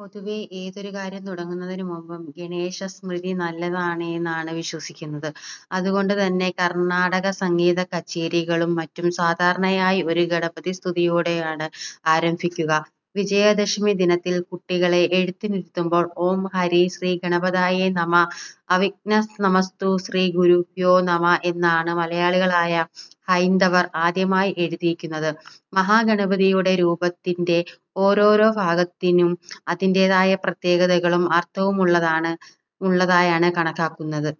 പൊതുവേ ഏതുകാര്യം തുടങ്ങുന്നതിനു മുൻപും ഗണേശ സ്മൃതി നല്ലതാണേന്നാണ് വിശ്വസിയ്ക്കുന്നത്. അതുകൊണ്ട് തന്നെ കർണ്ണാടകസംഗീതകച്ചേരികളും മറ്റും സാധാരണയായി ഒരു ഗണപതിസ്തുതിയോടേയാണ് ആരംഭിയ്ക്കുക. വിജയദശമി ദിനത്തിൽ കുട്ടികളെ എഴുത്തിനിരുത്തുമ്പോൾ ഓം ഹരി ശ്രീ ഗണപതയേ നമഃഅവിഘ്നമസ്തു ശ്രീ ഗുരുഭ്യോ നമഃഎന്നാണ് മലയാളികളായ ഹൈന്ദവർ ആദ്യമായി എഴുതിയ്ക്കുന്നത്. മഹാഗണപതിയുടെ രൂപത്തിന്റെ ഓരോരോ ഭാഗത്തിനും അതിന്റേതായ പ്രത്യേകതകളും അർത്ഥവുമുള്ളതായാണ് കണക്കാക്കുന്നത്.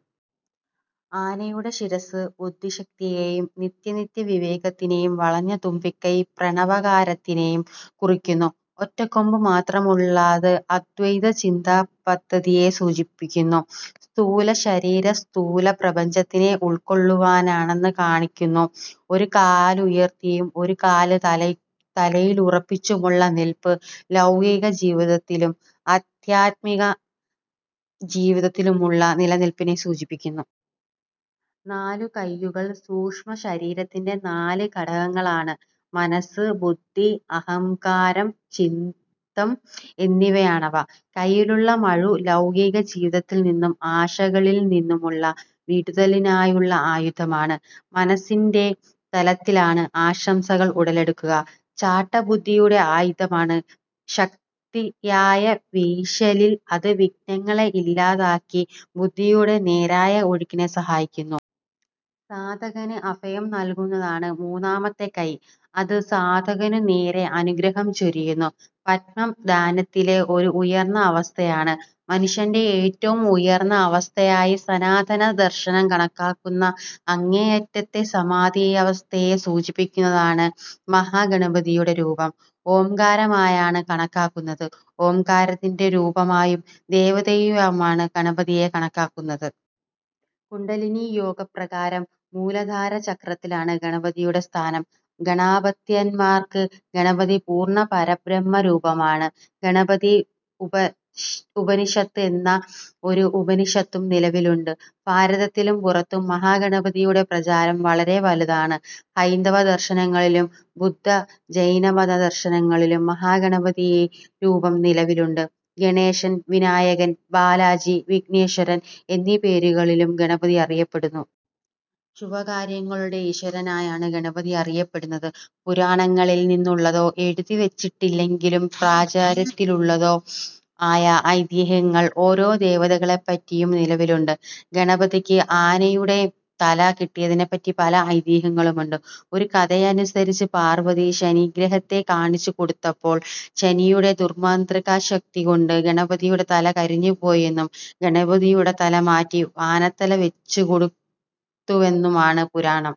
ആനയുടെ ശിരസ്സ് ബുദ്ധിശക്തിയേയും നിത്യാനിത്യ വിവേകത്തിനേയും വളഞ്ഞ തുമ്പിക്കൈ പ്രണവാകാരത്തിനേയും കുറിയ്ക്കുന്നു ഒറ്റക്കൊമ്പ് മാത്രമുള്ളത് അദ്വൈത ചിന്താ പദ്ധതിയെ സൂചിപ്പിയ്ക്കുന്നു. സ്ഥൂല ശരീരം സ്ഥൂല പ്രപഞ്ചത്തിനെ ഉൾക്കൊള്ളുന്നവനെന്ന് കാണിയ്ക്കുന്നു. ഒരു കാലുയർത്തിയും ഒരു കാല് തറയ്ലുറപ്പിച്ചുമുള്ള നിൽപ്പ് ലൗകിക ജീവിതത്തിലും അദ്ധ്യാത്മിക ജീവിതത്തിലുമുള്ള നിലനിൽപ്പിനെ സൂചിപ്പിയ്ക്കുന്നു. നാലു കയ്യുകൾ സൂക്ഷ്മ ശരീരത്തിന്റെ നാല് ഘടകങ്ങളാണ് മനസ്സ്, ബുദ്ധി, അഹംകാരം, ചിത്തം എന്നിവയാണവ. കയ്യിലുള്ള മഴു ലൗകിക ജീവിതത്തിൽ നിന്നും ആശകളിൽ നിന്നുമുള്ള വിടുതലിനായുള്ള ആയുധമാണ്. മനസ്സിന്റെ തലത്തിലാണ് ആശകൾ ഉടലെടുക്കുക. ചാട്ട ബുദ്ധിയുടെ ആയുധമാണ്. ശക്തിയായ വീശലിൽ അത് വിഘ്നങ്ങളെ ഇല്ലാതെയാക്കി ബുദ്ധിയുടെ നേരായ ഒഴുക്കിനെ സഹായിയ്ക്കുന്നു. സാധകന് അഭയം നൽകുന്നതാണ് മൂന്നാമത്തെ കയ്യ്.. അത് സാധകനു നേരെ അനുഗ്രഹം ചൊരിയുന്നു. പദ്മം ധ്യാനത്തിലെ ഒരു ഉയർന്ന അവസ്ഥയാണ്. മനുഷ്യന്റെ ഏറ്റവും ഉയർന്ന അവസ്ഥയായി സനാതന ദർശനം കണക്കാക്കുന്ന, അങ്ങേയറ്റത്തെ സമാധി അവസ്ഥയെ സൂചിപ്പിയ്ക്കുന്നതാണത് മഹാ ഗണപതിയുടെ രൂപം ഓംകാരമായാണ് കണക്കാക്കുന്നത്. ഓംകാരത്തിന്റെ രൂപമായും ദേവതയായുമാണ് ഗണപതിയെ കണക്കാക്കുന്നത്. കുണ്ഡലിനീ യോഗപ്രകാരം മൂലാധാര ചക്രത്തിലാണ് ഗണപതിയുടെ സ്ഥാനം. ഗാണപത്യന്മാർക്ക് ഗണപതി പൂർണ്ണ പരബ്രഹ്മ രൂപമാണ്. ഗണപതി ഉപനിഷത്ത് എന്ന ഒരു ഉപനിഷത്തും നിലവിലുണ്ട് ഭാരതത്തിലും പുറത്തും മഹാഗണപതിയുടെ പ്രചാരം വളരെ വലുതാണ്. ഹൈന്ദവ ദർശനങ്ങളിലും ബുദ്ധ, ജൈനമത ദർശനങ്ങളിലും മഹാ ഗണപതീ രൂപം നിലവിലുണ്ട്. ഗണേശൻ, വിനായകൻ, ബാലാജി, വിഘ്നേശ്വരൻ എന്നീ പേരുകളിലും ഗണപതി അറിയപ്പെടുന്നു. ശുഭകാര്യങ്ങളുടെ ഈശ്വരനായാണു ഗണപതി അറിയപ്പെടുന്നത്. പുരാണങ്ങളിൽ നിന്നുള്ളതോ എഴുതിവച്ചിട്ടില്ലെങ്കിലും പ്രാചാരത്തിലുള്ളതോ ആയ ഐതിഹ്യങ്ങൾ ഓരോ ദേവതകളെപ്പറ്റിയും നിലവിലുണ്ട്. ഗണപതിക്കു ആനയുടെ തല കിട്ടിയതിനെപ്പറ്റി പല ഐതിഹ്യങ്ങളുണ്ട്. ഒരു കഥയനുസരിച്ച് പാർവതി ശനി ഗ്രഹത്തെ കാണിച്ചു കൊടുത്തപ്പോൾ ശനിയുടെ ദുർമാന്ത്രികശക്തികൊണ്ട് ഗണപതിയുടെ തല കരിഞ്ഞുപോയെന്നും ഗണപതിയുടെ തല മാറ്റി ഒരു ആനത്തല വയ്ച്ചുകൊടുത്തുവെന്നുമാണ് പുരാണം.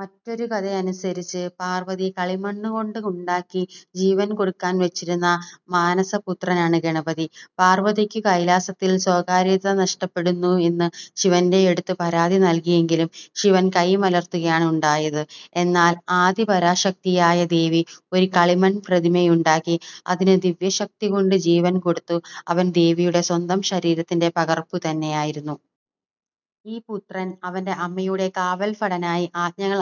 മറ്റൊരുകഥയനുസരിച്ച് പാർവ്വതി കളിമണ്ണുകൊണ്ട് ഉണ്ടാക്കി ജീവൻ കൊടുക്കാൻ വെച്ചിരുന്ന മാനസപുത്രനാണ് ഗണപതി. പാർവതിയ്ക്കു കൈലാസത്തിൽ സ്വകര്യത നഷ്ടപ്പെടുന്നു എന്ന് ശിവന്റെയടുത്തു പരാതി നൽകിയെങ്കിലും ശിവൻ കൈ മലർത്തുകയാണുണ്ടായത്, എന്നാൽ ആദി പരാശക്തിയായ ദേവി ഒരു കളിമൺ പ്രതിമയുണ്ടാക്കി അതിനു ദിവ്യശക്തികൊണ്ടു ജീവൻ കൊടുത്തു. അവൻ ദേവിയുടെ സ്വന്തം ശരീരത്തിന്റെ പകർപ്പു തന്നെയായിരുന്നു. ഈ പുത്രൻ അവന്റെ അമ്മയുടെ കാവൽ ഭടനായി ആജ്ഞകൾ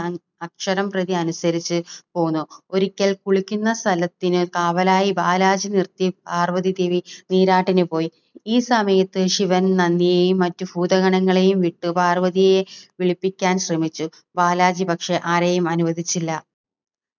അക്ഷരം പ്രതി അനുസരിച്ചു പോന്നു. ഒരിയ്കൽ കുളിക്കുന്ന സ്ഥലത്തിനു കാവലായി ബാലാജി നിർത്തി പാർവതി ദേവി നീരാട്ടിനു പോയി. ഈ സമയത്തു ശിവൻ നന്ദിയെയും മറ്റു ഭൂതഗണങ്ങളെയും വിട്ടു പർവതിയെ വിളിപ്പിയ്ക്കാൻ ശ്രമിച്ചു. ബാലാജി പക്ഷെ ആരെയും അനുവദിച്ചില്ല.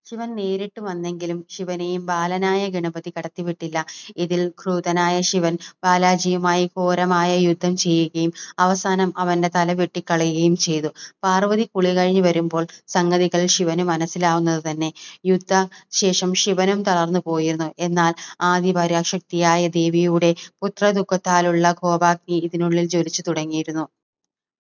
ശിവൻ നേരിട്ടു വന്നെങ്കിലും ശിവനെയും ബാലനായ ഗണപതി കടത്തിവിട്ടില്ല. ഇതിൽ ക്രുദ്ധനായ ശിവൻ ബാലാജിയുമായി ഘോരമായ യുദ്ധം ചെയ്യുകയും അവസാനം അവന്റെ തലവെട്ടിക്കളയുകയും ചെയ്തു. പാർവതി കുളികഴിഞ്ഞു വരുമ്പോഴാണു സംഗതികൾ ശിവനു മനസ്സിലാവുന്നതു തന്നെ. യുദ്ധ ശേഷം ശിവനും തളർന്നു പോയിരുന്നു. എന്നാൽ ആദിപരാശക്തിയായ ദേവിയുടെ പുത്രദുഃഖത്താലുള്ള കോപഗ്നി ഇതിനുള്ളിൽ ജ്വലിച്ചു തുടങ്ങിയിരുന്നു.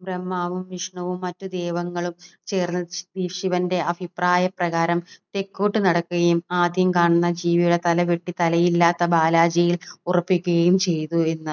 ബ്രഹ്മാവും വിഷ്ണുവും മറ്റു ദേവകളും ചേർന്ന് ശിവന്റെ അഭിപ്രായപ്രകാരം തെക്കോട്ട് നടക്കുകയും ആദ്യം കാണുന്ന ജീവിയുടെ തല വെട്ടി തലയില്ലാത്ത ബാലാജിയിൽ ഉറപ്പിക്കുകയും ചെയ്തു എന്ൻ